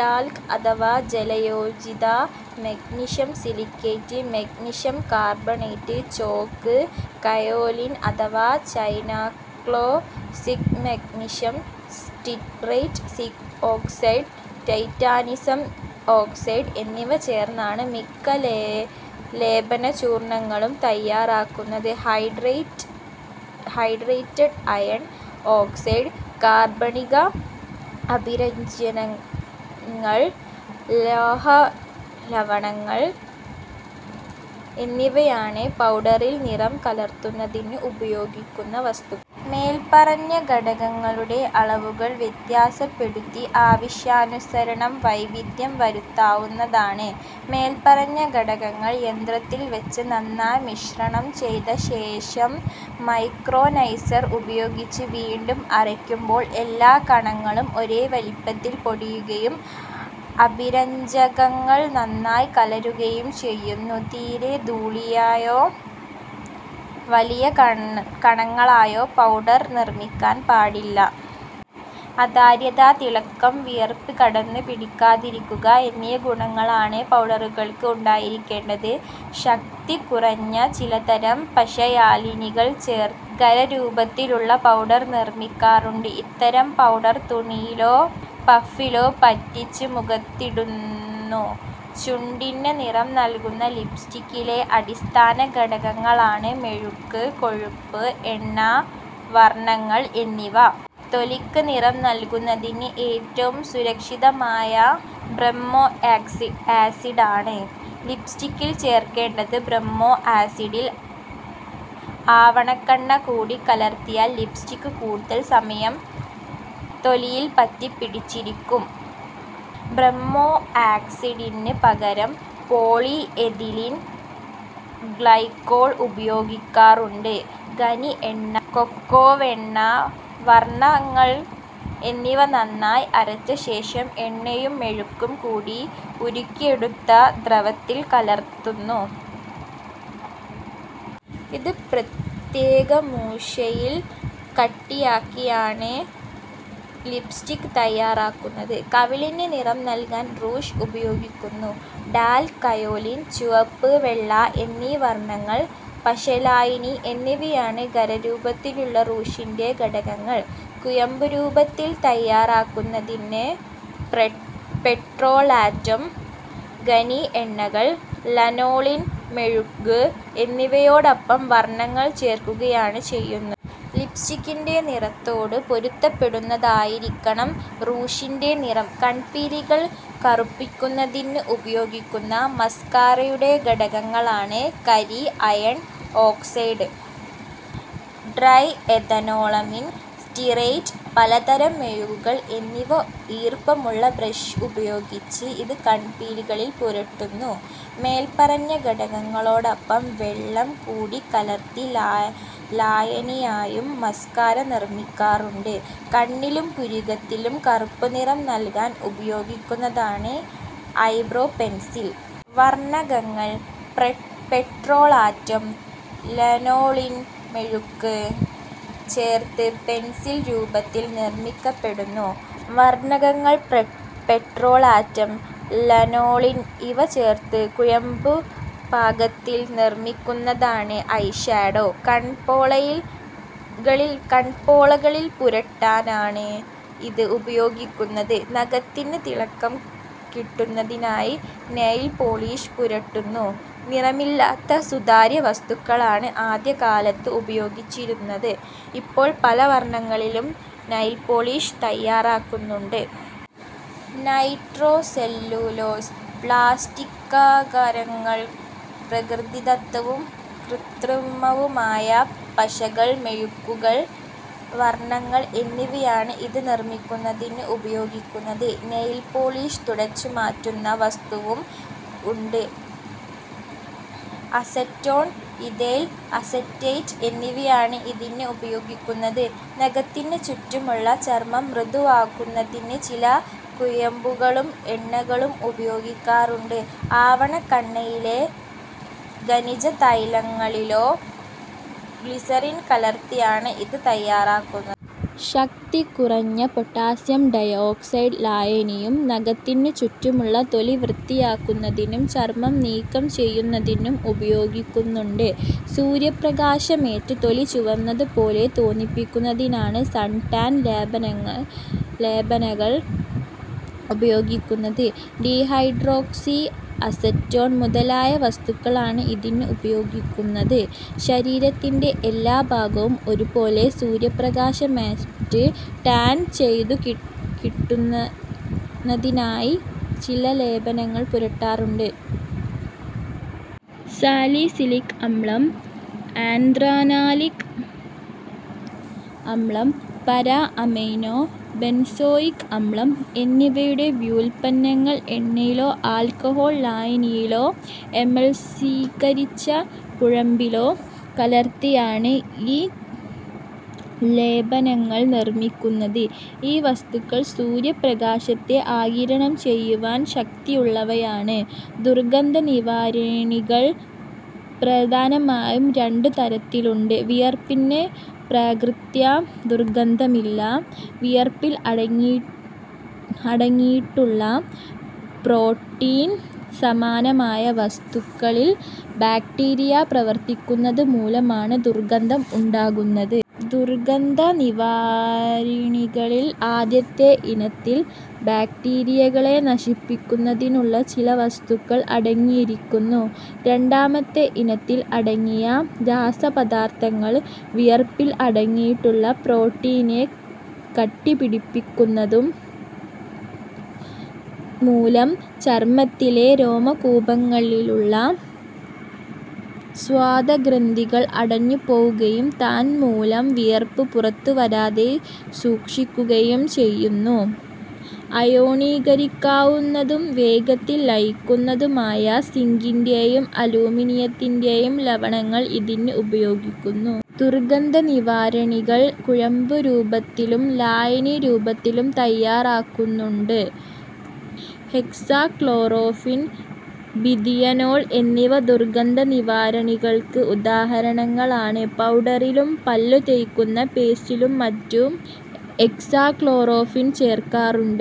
Talc അഥവാ ജലയോജിത magnesium silicate, magnesium carbonate, chalk, kaolin അഥവാ china clay, zinc magnesium stearate, zinc oxide, titanium oxide എന്നിവ ചേർത്താണ് മിക്ക ലേപനചൂർണങ്ങളും തയ്യാറാക്കുന്നത്. ഹൈഡ്രേറ്റഡ് അയൺ ഓക്സൈഡ്, കാർബണിക അഭിരഞ്ജകങ്ങൾ, ലോഹലവണങ്ങൾ എന്നിവയാണ് പൗഡറിൽ നിറം കലർത്തുന്നതിന് ഉപയോഗിക്കുന്ന വസ്തുക്കൾ. മേൽപ്പറഞ്ഞ ഘടകങ്ങളുടെ അളവുകൾ വ്യത്യാസപ്പെടുത്തി ആവശ്യാനുസരണം വൈവിധ്യം വരുത്താവുന്നതാണ്. മേൽപ്പറഞ്ഞ ഘടകങ്ങൾ യന്ത്രത്തിൽ വച്ച് നന്നായി മിശ്രണം ചെയ്ത ശേഷം മൈക്രോനൈസർ ഉപയോഗിച്ച് വീണ്ടും അരയ്ക്കുമ്പോൾ എല്ലാ കണങ്ങളും ഒരേ വലിപ്പത്തിൽ പൊടിയുകയും അഭിരഞ്ജകങ്ങൾ നന്നായി കലരുകയും ചെയ്യുന്നു. തീരെ ധൂളിയായോ, വലിയ കണങ്ങളായോ പൗഡർ നിർമ്മിക്കാൻ പാടില്ല. അതാര്യത, തിളക്കം, വിയർപ്പ് കടന്നുപിടിക്കാതിരിക്കുക എന്നീ ഗുണങ്ങളാണ് പൗഡറുകൾക്ക് ഉണ്ടായിരിക്കേണ്ടത്. ശക്തി കുറഞ്ഞ ചിലതരം പശലായിനി ചേർത്ത് ഖരരൂപത്തിലും പൗഡർ നിർമ്മിക്കാറുണ്ട്. ഇത്തരം പൗഡർ തുണിയിലോ പഫിലോ പറ്റിച്ച് മുഖത്തിടുന്നു. ചുണ്ടിന് നിറം നൽകുന്ന ലിപ്സ്റ്റിക്കിലെ അടിസ്ഥാന ഘടകങ്ങളാണ് മെഴുക്, കൊഴുപ്പ്, എണ്ണ, വർണകങ്ങൾ എന്നിവ. തൊലിക്ക് നിറം നൽകുന്നതിന് ഏറ്റവും സുരക്ഷിതമായ ബ്രോമോ ആസിഡാണ് ലിപ്സ്റ്റിക്കിൽ ചേർക്കേണ്ടത്. ബ്രോമോ ആസിഡിൽ ആവണക്കെണ്ണ കൂടി കലർത്തിയാൽ ലിപ്സ്റ്റിക് കൂടുതൽ സമയം തൊലിയിൽ പറ്റിപ്പിടിച്ചിരിക്കും. ബ്രോമോ ആസിഡിന് പകരം പോളി എഥിലീൻ ഗ്ലൈക്കോൾ ഉപയോഗിക്കാറുണ്ട്. ഖനി എണ്ണ, കൊക്കോവെണ്ണ, വർണകങ്ങൾ എന്നിവ നന്നായി അരച്ച ശേഷം എണ്ണയും മെഴുകും കൂടി ഉരുക്കിയെടുത്ത ദ്രവത്തിൽ കലർത്തുന്നു. ഇത് പ്രത്യേക മൂശയിൽ കട്ടിയാക്കിയാണ് ലിപ്സ്റ്റിക് തയ്യാറാക്കുന്നത്. കവിളിന് നിറം നൽകാൻ റൂഷ് ഉപയോഗിക്കുന്നു. ടാൽക്, കയോലിൻ, ചുവപ്പ്, വെള്ള എന്നീ വർണകങ്ങൾ, പശലായിനി എന്നിവയാണ് ഖരരൂപത്തിലുള്ള റൂഷിൻ്റെ ഘടകങ്ങൾ. കുഴമ്പുരൂപത്തിൽ തയ്യാറാക്കുന്നതിന് പെട്രോലാറ്റം, ഖനി എണ്ണകൾ, ലനോളിൻ, മെഴുക് എന്നിവയോടൊപ്പം വർണകങ്ങൾ ചേർക്കുകയാണ് ചെയ്യുന്നത്. ലിപ്സ്റ്റിക്കിൻ്റെ നിറത്തോടു പൊരുത്തപ്പെടുന്നതായിരിക്കണം റൂഷിൻ്റെ നിറം. കൺപീലികൾ കറുപ്പിക്കുന്നതിന് ഉപയോഗിക്കുന്ന മസ്കാറയുടെ ഘടകങ്ങളാണ് കരി, അയൺ ഓക്സൈഡ്, ട്രൈഎഥനോളമീൻ സ്റ്റീറേറ്റ്, പലതരം മെഴുകുകൾ എന്നിവ. ഈർപ്പമുള്ള ബ്രഷ് ഉപയോഗിച്ച് ഇത് കൺപീലികളിൽ പുരട്ടുന്നു. മേൽപ്പറഞ്ഞ ഘടകങ്ങളോടൊപ്പം വെള്ളം കൂടി കലർത്തി ലായനിയായും മസ്കാറ നിർമ്മിക്കാറുണ്ട്. കണ്ണിനും പുരികത്തിനും കറുപ്പുനിറം നൽകാൻ ഉപയോഗിക്കുന്നതാണ് ഐബ്രോ പെൻസിൽ. വർണകങ്ങൾ, പെട്രോലാറ്റം, ലനോളിൻ, മെഴുക് എന്നിവ ചേർത്ത് പെൻസിൽ രൂപത്തിൽ നിർമ്മിക്കപ്പെടുന്നു. വർണകങ്ങൾ, പെട്രോലാറ്റം, ലനോളിൻ ഇവ ചേർത്തു കുഴമ്പുപാകത്തിൽ നിർമ്മിക്കുന്നതാണ് ഐഷാഡോ. കൺപോളകളിൽ പുരട്ടാനാണ് ഇത് ഉപയോഗിക്കുന്നത്. നഖത്തിന് തിളക്കം കിട്ടുന്നതിനായി നെയിൽപോളിഷ് പുരട്ടുന്നു. നിറമില്ലാത്ത സുതാര്യ വസ്തുക്കളാണ് ആദ്യകാലത്ത് ഉപയോഗിച്ചിരുന്നത്. ഇപ്പോൾ പല വർണങ്ങളിലും നെയിൽപോളിഷ് തയ്യാറാക്കുന്നുണ്ട്. നൈട്രോസെല്ലുലോസ്, പ്ലാസ്റ്റീകാരകങ്ങൾ, പ്രകൃതിദത്തവും കൃത്രിമവുമായ പശകൾ, മെഴുകുകൾ, വർണകങ്ങൾ എന്നിവയാണ് ഇത് നിർമ്മിക്കുന്നതിന് ഉപയോഗിക്കുന്നത്. നെയിൽപോളിഷ് തുടച്ചുമാറ്റുന്ന വസ്തുവും ഉണ്ട്. അസറ്റോൺ, ഈഥൈൽ അസറ്റേറ്റ് എന്നിവയാണ് ഇതിന് ഉപയോഗപ്പെടുത്തുന്നത്. നഖത്തിന് ചുറ്റുമുള്ള ചർമം മൃദുവാക്കുന്നതിന് ചില കുഴമ്പുകളും എണ്ണകളും ഉപയോഗിക്കാറുണ്ട്. ആവണക്കെണ്ണയിലോ ഖനിജതൈലങ്ങളിലോ ഗ്ലിസറിൻ കലർത്തിയാണ് ഇത് തയ്യാറാക്കുന്നത്. ശക്തി കുറഞ്ഞ പൊട്ടാസ്യം ഡൈഓക്സൈഡ് ലായനിയും നഖത്തിന് ചുറ്റുമുള്ള തൊലി വൃത്തിയാക്കുന്നതിനും ചർമം നീക്കം ചെയ്യുന്നതിനും ഉപയോഗിക്കുന്നുണ്ട്. സൂര്യപ്രകാശമേറ്റ് തൊലി ചുവന്നതുപോലെ തോന്നിക്കുന്നതിനാണ് സൺടാൻ ലേപനങ്ങൾ ഉപയോഗിക്കുന്നത്. ഡിഹൈഡ്രോക്സി അസറ്റോൺ മുതലായ വസ്തുക്കളാണ് ഇതിന് ഉപയോഗിക്കുന്നത്. ശരീരത്തിൻ്റെ എല്ലാ ഭാഗവും ഒരുപോലെ സൂര്യപ്രകാശമേറ്റ് ടാൻ ചെയ്തു കിട്ടു കിട്ടുന്നതിനായി ചില ലേപനങ്ങൾ പുരട്ടാറുണ്ട്. സാലിസിലിക് അമ്ലം, ആൻഥ്രാനലിക് അമ്ലം, പാരാ അമൈനോ ബെൻസോയിക് അമ്ലം എന്നിവയുടെ വ്യുൽപ്പന്നങ്ങൾ എണ്ണയിലോ ആൽക്കഹോൾ ലായനിയിലോ എമൾസീകരിച്ച കുഴമ്പിലോ കലർത്തിയാണ് ഈ ലേപനങ്ങൾ നിർമ്മിക്കുന്നത്. ഈ വസ്തുക്കൾ സൂര്യപ്രകാശത്തെ ആഗിരണം ചെയ്യുവാൻ ശക്തിയുള്ളവയാണ്. ദുർഗന്ധനിവാരിണികൾ പ്രധാനമായും രണ്ടു തരത്തിലുണ്ട്. വിയർപ്പിന് പ്രകൃത്യാ ദുർഗന്ധമില്ല. വിയർപ്പിൽ അടങ്ങിയിട്ടുള്ള പ്രോട്ടീൻ സമാനമായ വസ്തുക്കളിൽ ബാക്ടീരിയ പ്രവർത്തിക്കുന്നത് മൂലമാണ് ദുർഗന്ധം ഉണ്ടാകുന്നത്. ദുർഗന്ധനിവാരിണികളിൽ ആദ്യത്തെ ഇനത്തിൽ ബാക്ടീരിയകളെ നശിപ്പിക്കുന്നതിനുള്ള ചില വസ്തുക്കൾ അടങ്ങിയിരിക്കുന്നു. രണ്ടാമത്തെ ഇനത്തിൽ അടങ്ങിയിട്ടുള്ള രാസപദാർത്ഥങ്ങൾ വിയർപ്പിൽ അടങ്ങിയിട്ടുള്ള പ്രോട്ടീനിനെ കട്ടിപിടിപ്പിക്കുന്നത് മൂലം ചർമത്തിലെ രോമകൂപങ്ങളിലുള്ള സ്വേദഗ്രന്ഥികൾ അടഞ്ഞുപോകുകയും തൻമൂലം വിയർപ്പ് പുറത്തുവരാതെ സൂക്ഷിക്കുകയും ചെയ്യുന്നു. അയോണീകരിക്കാവുന്നതും വേഗത്തിൽ ലയിക്കുന്നതുമായ സിങ്കിൻ്റെയും അലുമിനിയത്തിൻ്റെയും ലവണങ്ങൾ ഇതിന് ഉപയോഗിക്കുന്നു. ദുർഗന്ധനിവാരിണികൾ കുഴമ്പുരൂപത്തിലും ലായനി രൂപത്തിലും തയ്യാറാക്കുന്നുണ്ട്. ഹെക്സാക്ലോറോഫീൻ, ബിഥിയോനോൾ എന്നിവ ദുർഗന്ധനിവാരിണികൾക്ക് ഉദാഹരണങ്ങളാണ്. പൗഡറിലും പല്ലുതേയ്ക്കുന്ന പേസ്റ്റിലും മറ്റും ഹെക്സാക്ലോറോഫീൻ ചേർക്കാറുണ്ട്.